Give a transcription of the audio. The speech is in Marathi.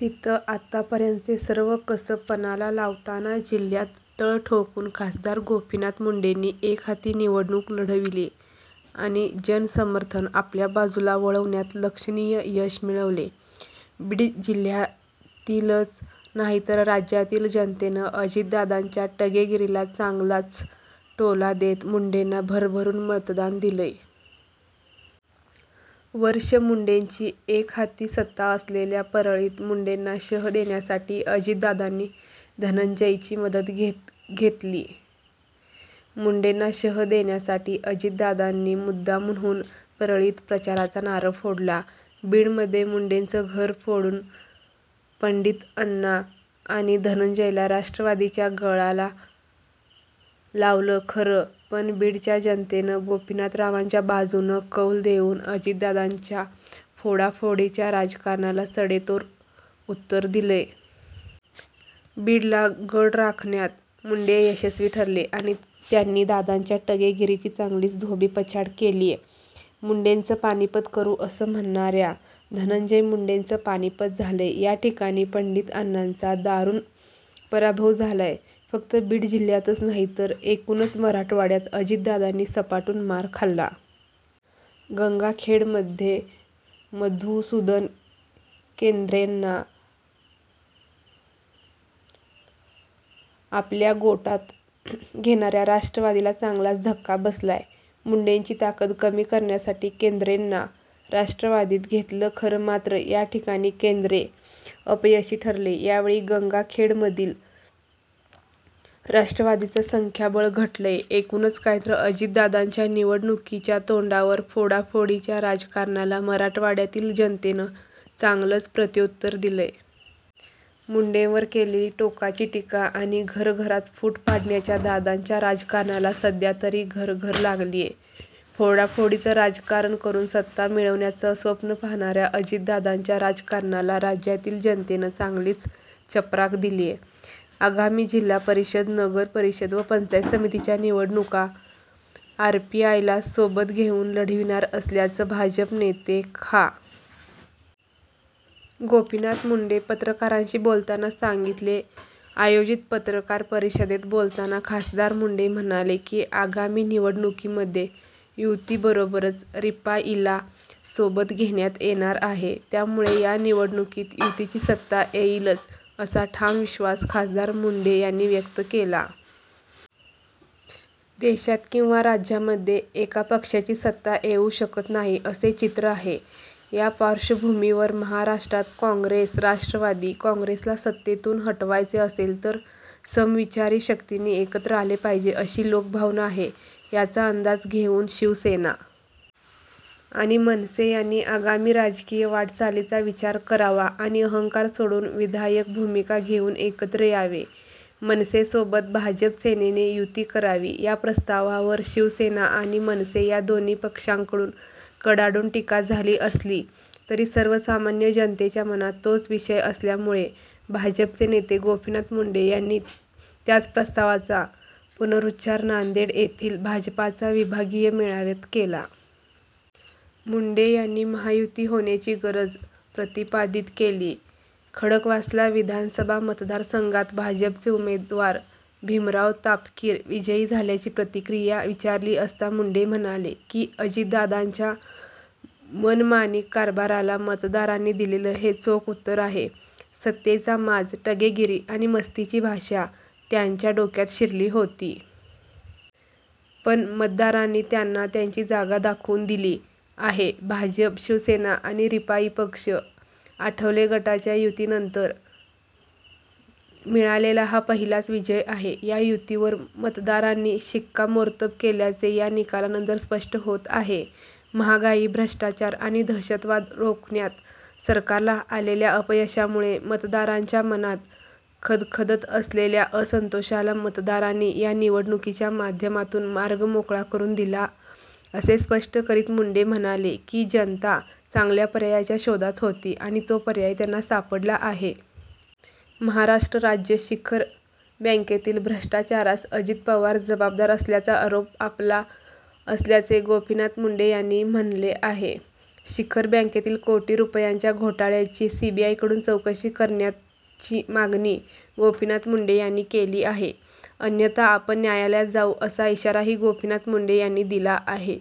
तीत आतापर्यंतचे सर्व कसब पणाला लावताना जिल्ह्य़ात तळ टोकून खासदार गोपीनाथ मुंडेंनी एकहाती निवडणूक लढविली आणि जनसमर्थन आपल्या बाजूला वळवण्यात लक्षणीय यश मिळविले. बीड जिल्ह्यातीलच नाही तर राज्यातील जनतेनं अजितदादांच्या टगेगिरीला चांगलाच टोला देत मुंडेंना भरभरून मतदान दिलंय. वर्ष मुंडेंची एकहाती सत्ता असलेल्या परळीत मुंडेंना शह देण्यासाठी अजितदादांनी धनंजयची मदत घेलली. मुंडेंना शह देण्यासाठी अजितदादांनी मुद्दामहून परळीत प्रचाराचा नारळ फोडला. बीडमध्ये मुंडेंचं घर फोडून पण्डितअण्णा आणि धनंजयला राष्ट्रवादीच्या गळाला लावलं खरं पण बीडच्या जनतेनं गोपीनाथरावांच्या बाजूनं कौल देऊन अजितदादांच्या फोडाफोडीच्या राजकारणाला सडेतोड उत्तर दिलंय. बीडला गड राखण्यात मुंडे यशस्वी ठरले आणि त्यांनी दादांच्या टगेगिरीची चांगलीच धोबीपछाड केलीय. मुंडेंचं पानिपत करू असं म्हणणाऱ्या धनंजय मुंडेंचे पानिपत झालंय. याठिकाणी पण्डितअण्णांचा दारुण पराभव झालाय. फक्त बीड जिल्ह्यातच नाही तर एकूणच मराठवाड्यात अजितदादांनी सपाटून मार खाल्ला. गंगाखेडमध्ये मधूसुदन केन्द्रेंना आपल्या गोटात घेणाऱ्या राष्ट्रवादीला चांगलाच धक्का बसलाय. मुंडेंची ताकद कमी करण्यासाठी केंद्रेंना राष्ट्रवादीत घेतलं खरं मात्र या ठिकाणी केंद्रे अपयशी ठरले. यावेळी गंगाखेडमधील राष्ट्रवादीचं संख्याबळ घटलंय. एकूणच काय तर अजितदादांच्या निवडणुकीच्या तोंडावर फोडाफोडीच्या राजकारणाला मराठवाड्यातील जनतेनं चांगलंच प्रत्यूत्तर दिलंय. मुंडेंवर केलेली टोकाची टीका आणि घर-घरात फुट पाडण्याच्या दादांच्या राजकारणाला सध्यातरी घरघर लागलीय. फोडा-फोडीचं राजकारण करून सत्ता मिळवण्याचं स्वप्न पाहणाऱ्या अजितदादांच्या राजकारणाला राज्यातील जनतेनं चांगलीच चपराक दिलीय. आगामी जिल्हा परिषद, नगर परिषद व पंचायत समितीच्या निवडणुका आरपीआयला सोबत घेऊन लढविणार असल्याचे भाजप नेते खा. गोपीनाथ मुंडे पत्रकारांशी बोलतांना सांगितले. आयोजित पत्रकार परिषदेत बोलतांना खा. मुंडे म्हणाले की, आगामी निवडणुकीमध्ये युती बरोबर रिपाईला सोबत घेण्यात येणार आहे. त्यामुळे या निवडणुकीत युतीची सत्ता येईलच असा ठाम विश्वास खा. मुंडे यांनी व्यक्त केला. देशात किंवा राज्यांमध्ये एका पक्षाची सत्ता येऊ शकत नाही असे चित्र आहे. या पार्श्वभूमीवर महाराष्ट्रात काँग्रेस-राष्ट्रवादी काँग्रेसला सत्तेतून हटवायचे असेल तर समविचारी शक्तींनी एकत्र आले पाहिजे अशी लोकभावना आहे. याचा अंदाज घेऊन शिवसेना आणि मनसे यांनी आगामी राजकीय वाटचालीचा विचार करावा आणि अहंकार सोडून विधायक भूमिका घेऊन एकत्र यावे, मनसेसोबत भाजप -सेनेने युती करावी या प्रस्तावावर शिवसेना आणि मनसे या दोन्ही पक्षांकडून कडाडून टीका झाली असली तरी सर्वसामान्य जनतेच्या मनात तोच विषय असल्यामुळे भाजपचे नेते गोपीनाथ मुंडे यांनी त्याच प्रस्तावाचा पुनरूच्चार नांदेड येथील भाजपचा विभागीय मेळाव्यात केला. मुंडे यांनी महायुती होण्याची गरज प्रतिपादित केली. खडकवासला विधानसभा मतदारसंघात भाजपचे उमेदवार भीमराव तापकीर विजयी झाल्याची प्रतिक्रिया विचारली असता मुंडे म्हणाले की, अजितदादांच्या मनमानी कारभाराला मतदारांनी दिलेले हे चोख उत्तर आहे. सत्तेचा माज, टगेगिरी आणि मस्तीची भाषा त्यांच्या डोक्यात शिरली होती. पण, मतदारांनी त्यांना त्यांची जागा दाखवून दिली आहे. भाजप, शिवसेना आणि रिपाई पक्ष आठवले गटाच्या युतीनंतर मिळालेला हा पहिलाच विजय आहे. या युतीवर मतदारांनी शिक्कामोर्तब केल्याचे या निकालानंतर स्पष्ट होत आहे. महागाई, भ्रष्टाचार आणि दहशतवाद रोखण्यात सरकारला आलेल्या अपयशामुळे मतदारांच्या मनात खदखदत असलेल्या असन्तोषाला मतदारांनी या निवडणुकीच्या माध्यमातून मार्ग मोकळा करून दिला असे स्पष्ट करीत मुंडे म्हणाले की, जनता चांगल्या पर्यायाच्या शोधात होती आणि तो पर्याय त्यांना सापडला आहे.। महाराष्ट्र राज्य शिखर बँकेतील भ्रष्टाचारास अजित पवार जबाबदार असल्याचा आरोप आपला असल्याचे गोपीनाथ मुंडे यांनी म्हणले आहे. शिखर बँकेतील कोटी रुपयांच्या घोटाळ्याची सीबीआयकडून चौकशी करण्याची मागणी गोपीनाथ मुंडे यांनी केली आहे अन्यथा आपण न्यायालयात जाऊ असा इशाराही गोपीनाथ मुंडे यांनी दिला आहे.